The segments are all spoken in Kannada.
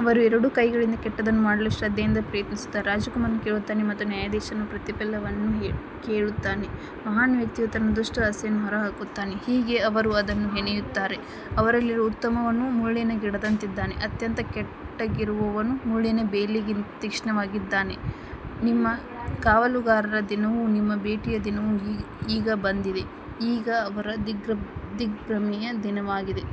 ಅವರು ಎರಡೂ ಕೈಗಳಿಂದ ಕೆಟ್ಟದ್ದನ್ನು ಮಾಡಲು ಶ್ರದ್ಧೆಯಿಂದ ಪ್ರಯತ್ನಿಸುತ್ತಾರೆ. ರಾಜಕುಮಾರನು ಕೇಳುತ್ತಾನೆ ಮತ್ತು ನ್ಯಾಯಾಧೀಶನು ಪ್ರತಿಫಲವನ್ನು ಕೇಳುತ್ತಾನೆ. ಮಹಾನ್ ವ್ಯಕ್ತಿಯು ತನ್ನ ದುಷ್ಟ ಆಸೆಯನ್ನು ಹೊರಹಾಕುತ್ತಾನೆ. ಹೀಗೆ ಅವರು ಅದನ್ನು ಹೆಣೆಯುತ್ತಾರೆ. ಅವರಲ್ಲಿರುವ ಉತ್ತಮವನೂ ಮುಳ್ಳಿನ ಗಿಡದಂತಿದ್ದಾನೆ, ಅತ್ಯಂತ ನೆಟ್ಟಗಿರುವವನೂ ಮುಳ್ಳಿನ ಬೇಲಿಗಿಂತ ತೀಕ್ಷ್ಣನಾಗಿದ್ದಾನೆ. ನಿಮ್ಮ ಕಾವಲುಗಾರರ ದಿನವೂ ನಿಮ್ಮ ಭೇಟಿಯ ದಿನವೂ ಈಗ ಬಂದಿದೆ, ಈಗ ಅವರ ದಿಗ್ಭ್ರಮೆಯ ದಿನವಾಗಿದೆ.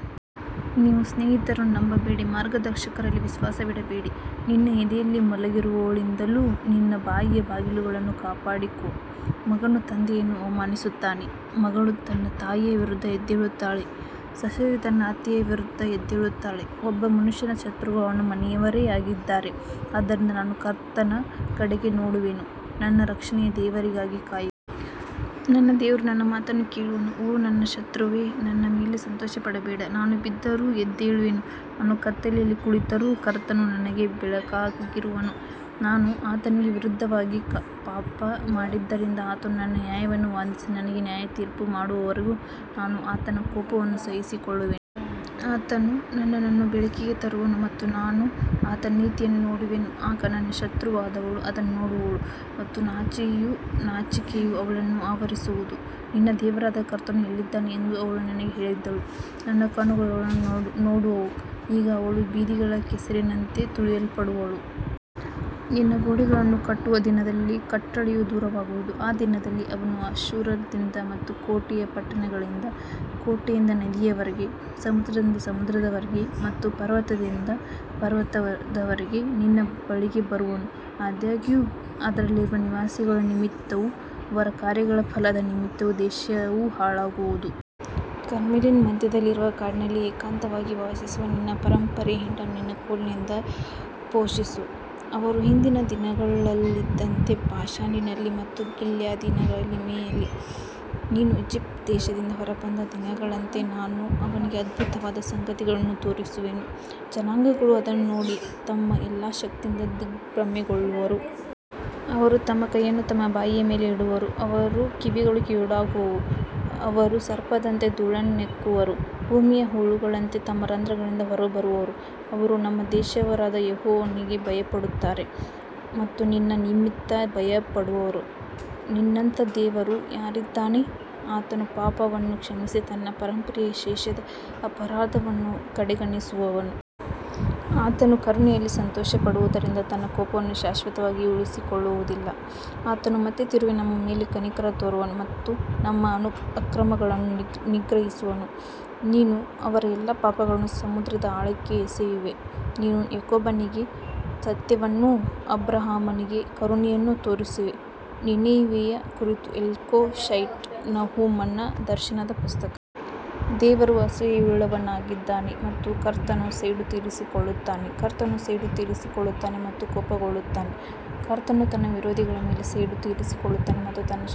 ನೀವು ಸ್ನೇಹಿತರನ್ನು ನಂಬಬೇಡಿ, ಮಾರ್ಗದರ್ಶಕರಲ್ಲಿ ವಿಶ್ವಾಸವಿಡಬೇಡಿ. ನಿನ್ನ ಎದೆಯಲ್ಲಿ ಮಲಗಿರುವವಳಿಂದಲೂ ನಿನ್ನ ಬಾಯಿಯ ಬಾಗಿಲುಗಳನ್ನು ಕಾಪಾಡಿಕೋ. ಮಗನು ತಂದೆಯನ್ನು ಅವಮಾನಿಸುತ್ತಾನೆ, ಮಗಳು ತನ್ನ ತಾಯಿಯ ವಿರುದ್ಧ ಎದ್ದೇಳುತ್ತಾಳೆ, ಸೊಸೆಯು ತನ್ನ ಅತ್ತೆಯ ವಿರುದ್ಧ ಎದ್ದೇಳುತ್ತಾಳೆ, ಒಬ್ಬ ಮನುಷ್ಯನ ಶತ್ರುಗಳು ಅವನ ಮನೆಯವರೇ ಆಗಿದ್ದಾರೆ. ಆದ್ದರಿಂದ ನಾನು ಕರ್ತನ ಕಡೆಗೆ ನೋಡುವೆನು, ನನ್ನ ರಕ್ಷಣೆಯ ದೇವರಿಗಾಗಿ ಕಾಯುವೆನು. ನನ್ನ ದೇವರು ನನ್ನ ಮಾತನ್ನು ಕೇಳುವನು. ಓ ನನ್ನ ಶತ್ರುವೇ, ನನ್ನ ಮೇಲೆ ಸಂತೋಷಪಡಬೇಡ. ನಾನು ಬಿದ್ದರೂ ಎದ್ದೇಳುವೆನು, ನಾನು ಕತ್ತಲೆಯಲ್ಲಿ ಕುಳಿತರೂ ಕರ್ತನು ನನಗೆ ಬೆಳಕಾಗಿರುವನು. ನಾನು ಆತನಿಗೆ ವಿರುದ್ಧವಾಗಿ ಪಾಪಮಾಡಿದ್ದರಿಂದ ಆತನು ನನ್ನ ನ್ಯಾಯವನ್ನು ವಾದಿಸಿ ನನಗೆ ನ್ಯಾಯತೀರ್ಪು ಮಾಡುವವರೆಗೆ ನಾನು ಆತನ ಕೋಪವನ್ನು ಸಹಿಸಿಕೊಳ್ಳುವೆನು. ಆತನು ನನ್ನನ್ನು ಬೆಳಕಿಗೆ ತರುವನು ಮತ್ತು ನಾನು ಆತನ ನೀತಿಯನ್ನು ನೋಡುವೆನು. ಆಗ ನನ್ನ ಶತ್ರುವಾದವಳು ಅದನ್ನು ನೋಡುವಳು ಮತ್ತು ನಾಚಿಕೆಯು ಅವಳನ್ನು ಆವರಿಸುವುದು. ನಿನ್ನ ದೇವರಾದ ಕರ್ತನು ಎಲ್ಲಿದ್ದಾನೆ ಎಂದು ಅವಳು ನನಗೆ ಹೇಳಿದ್ದಳು. ನನ್ನ ಕಣ್ಣುಗಳು ಅವಳನ್ನು ನೋಡುವವು, ಈಗ ಅವಳು ಬೀದಿಗಳ ಕೆಸರಿನಂತೆ ತುಳಿಯಲ್ಪಡುವಳು. ನಿನ್ನ ಗೋಡೆಗಳನ್ನು ಕಟ್ಟುವ ದಿನದಲ್ಲಿ ಕಟ್ಟಳೆಯು ದೂರವಾಗುವುದು. ಆ ದಿನದಲ್ಲಿ ಅವನು ಅಶ್ಶೂರದಿಂದ ಮತ್ತು ಕೋಟೆಯ ಪಟ್ಟಣಗಳಿಂದ, ಕೋಟೆಯಿಂದ ನದಿಯವರೆಗೆ, ಸಮುದ್ರದಿಂದ ಸಮುದ್ರದವರೆಗೆ ಮತ್ತು ಪರ್ವತದಿಂದ ಪರ್ವತದವರೆಗೆ ನಿನ್ನ ಬಳಿಗೆ ಬರುವನು. ಆದಾಗ್ಯೂ, ಅದರಲ್ಲಿರುವ ನಿವಾಸಿಗಳ ನಿಮಿತ್ತವೂ ಅವರ ಕಾರ್ಯಗಳ ಫಲದ ನಿಮಿತ್ತವೂ ದೇಶವು ಹಾಳಾಗುವುದು. ಕರ್ಮೆಲಿನ ಮಧ್ಯದಲ್ಲಿರುವ ಕಾಡಿನಲ್ಲಿ ಏಕಾಂತವಾಗಿ ವಾಸಿಸುವ ನಿನ್ನ ಪರಂಪರೆಯ ಹಿಂಡನ್ನು ನಿನ್ನ ಕೋಲಿನಿಂದ ಪೋಷಿಸು. ಅವರು ಹಿಂದಿನ ದಿನಗಳಲ್ಲಿದ್ದಂತೆ ಬಾಷಾನಿನಲ್ಲಿ ಮತ್ತು ಗಿಲ್ಯಾದಿನಲ್ಲಿ ಮೇಯಲಿ. ನೀನು ಈಜಿಪ್ಟ್ ದೇಶದಿಂದ ಹೊರಬಂದ ದಿನಗಳಂತೆ ನಾನು ಅವನಿಗೆ ಅದ್ಭುತವಾದ ಸಂಗತಿಗಳನ್ನು ತೋರಿಸುವೆನು. ಜನಾಂಗಗಳು ಅದನ್ನು ನೋಡಿ ತಮ್ಮ ಎಲ್ಲಾ ಶಕ್ತಿಯಿಂದ ದಿಗ್ಭ್ರಮೆಗೊಳ್ಳುವರು. ಅವರು ತಮ್ಮ ಕೈಯನ್ನು ತಮ್ಮ ಬಾಯಿಯ ಮೇಲೆ ಇಡುವರು, ಅವರ ಕಿವಿಗಳು ಕಿವುಡಾಗುವವು. ಅವರು ಸರ್ಪದಂತೆ ಧೂಳನ್ನು ನೆಕ್ಕುವರು, ಭೂಮಿಯ ಹುಳುಗಳಂತೆ ತಮ್ಮ ರಂಧ್ರಗಳಿಂದ ಹೊರಬರುವರು. ಅವರು ನಮ್ಮ ದೇವರಾದ ಯೆಹೋವನಿಗೆ ಭಯಪಡುತ್ತಾರೆ ಮತ್ತು ನಿನ್ನ ನಿಮಿತ್ತ ಭಯಪಡುವರು. ನಿನ್ನಂಥ ದೇವರು ಯಾರಿದ್ದಾನೆ? ಆತನು ಪಾಪವನ್ನು ಕ್ಷಮಿಸಿ ತನ್ನ ಪರಂಪರೆಯ ಶೇಷದ ಅಪರಾಧವನ್ನು ಕಡೆಗಣಿಸುವನು. ಆತನು ಕರುಣೆಯಲ್ಲಿ ಸಂತೋಷಪಡುವುದರಿಂದ ತನ್ನ ಕೋಪವನ್ನು ಶಾಶ್ವತವಾಗಿ ಉಳಿಸಿಕೊಳ್ಳುವುದಿಲ್ಲ. ಆತನು ಮತ್ತೆ ತಿರುಗಿ ನಮ್ಮ ಮೇಲೆ ಕನಿಕರ ತೋರುವನು ಮತ್ತು ನಮ್ಮ ಅಕ್ರಮಗಳನ್ನು ನಿಗ್ರಹಿಸುವನು. ನೀನು ಅವರ ಎಲ್ಲಾ ಪಾಪಗಳನ್ನು ಸಮುದ್ರದ ಆಳಕ್ಕೆ ಎಸೆಯುವೆ. ನೀನು ಯಾಕೋಬನಿಗೆ ಸತ್ಯವನ್ನೂ ಅಬ್ರಹಾಮನಿಗೆ ಕರುಣೆಯನ್ನೂ ತೋರಿಸುವೆ. ನಿನೆವೆಯ ಕುರಿತು ಎಲ್ಕೋಷೈಟ್ ನಹೂಮನ ದರ್ಶನದ ಪುಸ್ತಕ. ದೇವರು ಅಸೂಯೆಯುಳ್ಳವನಾಗಿದ್ದಾನೆ ಮತ್ತು ಕರ್ತನು ಸೇಡು ತೀರಿಸಿಕೊಳ್ಳುತ್ತಾನೆ. ಕರ್ತನು ಸೇಡು ತೀರಿಸಿಕೊಳ್ಳುತ್ತಾನೆ ಮತ್ತು ಕೋಪಗೊಳ್ಳುತ್ತಾನೆ. ಕರ್ತನು ತನ್ನ ವಿರೋಧಿಗಳ ಮೇಲೆ ಸೇಡು ತೀರಿಸಿಕೊಳ್ಳುತ್ತಾನೆ ಮತ್ತು ತನ್ನ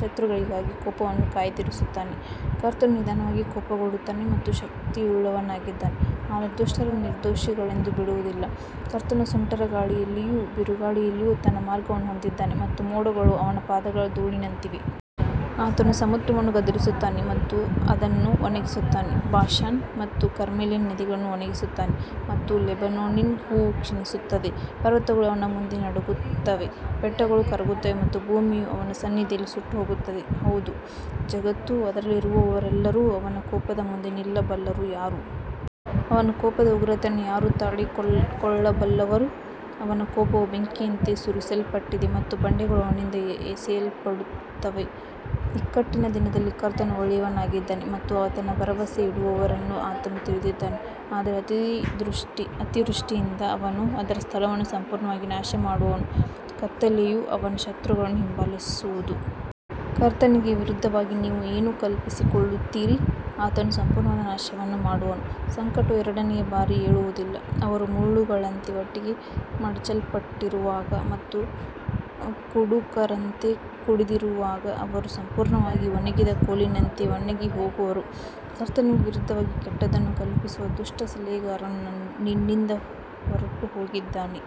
ಶತ್ರುಗಳಿಗಾಗಿ ಕೋಪವನ್ನು ಕಾಯ್ದಿರಿಸುತ್ತಾನೆ. ಕರ್ತನು ನಿಧಾನವಾಗಿ ಕೋಪಗೊಳ್ಳುತ್ತಾನೆ ಮತ್ತು ಶಕ್ತಿಯುಳ್ಳವನಾಗಿದ್ದಾನೆ, ಆದರೆ ದುಷ್ಟರನ್ನು ನಿರ್ದೋಷಿಗಳೆಂದು ಬಿಡುವುದಿಲ್ಲ. ಕರ್ತನು ಸುಂಟರಗಾಳಿಯಲ್ಲಿಯೂ ಬಿರುಗಾಳಿಯಲ್ಲಿಯೂ ತನ್ನ ಮಾರ್ಗವನ್ನು ಹೊಂದಿದ್ದಾನೆ ಮತ್ತು ಮೋಡಗಳು ಅವನ ಪಾದಗಳ ಧೂಳಿನಂತಿವೆ. ಆತನು ಸಮುದ್ರವನ್ನು ಗದರಿಸುತ್ತಾನೆ ಮತ್ತು ಅದನ್ನು ಒಣಗಿಸುತ್ತಾನೆ, ಬಾಷಾನ್ ಮತ್ತು ಕರ್ಮೆಲಿನ ನದಿಗಳನ್ನು ಒಣಗಿಸುತ್ತಾನೆ ಮತ್ತು ಲೆಬನೋನಿನ ಹೂವು ಕ್ಷೀಣಿಸುತ್ತದೆ. ಪರ್ವತಗಳು ಅವನ ಮುಂದೆ ನಡುಗುತ್ತವೆ, ಬೆಟ್ಟಗಳು ಕರಗುತ್ತವೆ ಮತ್ತು ಭೂಮಿಯು ಅವನ ಸನ್ನಿಧಿಯಲ್ಲಿ ಸುಟ್ಟುಹೋಗುತ್ತದೆ. ಹೌದು, ಜಗತ್ತೂ ಅದರಲ್ಲಿರುವವರೆಲ್ಲರೂ ಅವನ ಕೋಪದ ಮುಂದೆ ನಿಲ್ಲಬಲ್ಲವರು ಯಾರು? ಅವನ ಕೋಪದ ಉಗ್ರತೆಯನ್ನು ಯಾರು ತಾಳಿಕೊಳ್ಳಬಲ್ಲರು? ಅವನ ಕೋಪವು ಬೆಂಕಿಯಂತೆ ಸುರಿಸಲ್ಪಟ್ಟಿದೆ ಮತ್ತು ಬಂಡೆಗಳು ಅವನಿಂದ ಎಸೆಯಲ್ಪಡುತ್ತವೆ. ಇಕ್ಕಟ್ಟಿನ ದಿನದಲ್ಲಿ ಕರ್ತನು ಒಳ್ಳೆಯವನಾಗಿದ್ದಾನೆ ಮತ್ತು ಆತನಲ್ಲಿ ಭರವಸೆಯಿಡುವವರನ್ನು ಆತನು ತಿಳಿದಿದ್ದಾನೆ. ಆದರೆ ಅತಿವೃಷ್ಟಿಯಿಂದ ಅವನು ಅದರ ಸ್ಥಳವನ್ನು ಸಂಪೂರ್ಣವಾಗಿ ನಾಶಮಾಡುವನು ಮತ್ತು ಕತ್ತಲೆಯು ಅವನ ಶತ್ರುಗಳನ್ನು ಹಿಂಬಾಲಿಸುವುದು. ಕರ್ತನಿಗೆ ವಿರುದ್ಧವಾಗಿ ನೀವು ಏನು ಕಲ್ಪಿಸಿಕೊಳ್ಳುತ್ತೀರಿ? ಆತನು ಸಂಪೂರ್ಣವಾದ ನಾಶವನ್ನು ಮಾಡುವನು, ಸಂಕಟವು ಎರಡನೆಯ ಬಾರಿ ಏಳುವುದಿಲ್ಲ. ಅವರು ಮುಳ್ಳುಗಳಂತೆ ಒಟ್ಟಿಗೆ ಮಡಚಲ್ಪಟ್ಟಿರುವಾಗ ಮತ್ತು ಕುಡುಕರಂತೆ ಕುಡಿದಿರುವಾಗ, ಅವರು ಸಂಪೂರ್ಣವಾಗಿ ಒಣಗಿದ ಕೋಲಿನಂತೆ ಒಣಗಿಹೋಗುವರು. ಕರ್ತನಿಗೆ ವಿರುದ್ಧವಾಗಿ ಕೆಟ್ಟದ್ದನ್ನು ಕಲ್ಪಿಸುವ ದುಷ್ಟ ಸಲಹೆಗಾರನು ನಿನ್ನಿಂದ ಹೊರಟುಹೋಗಿದ್ದಾನೆ.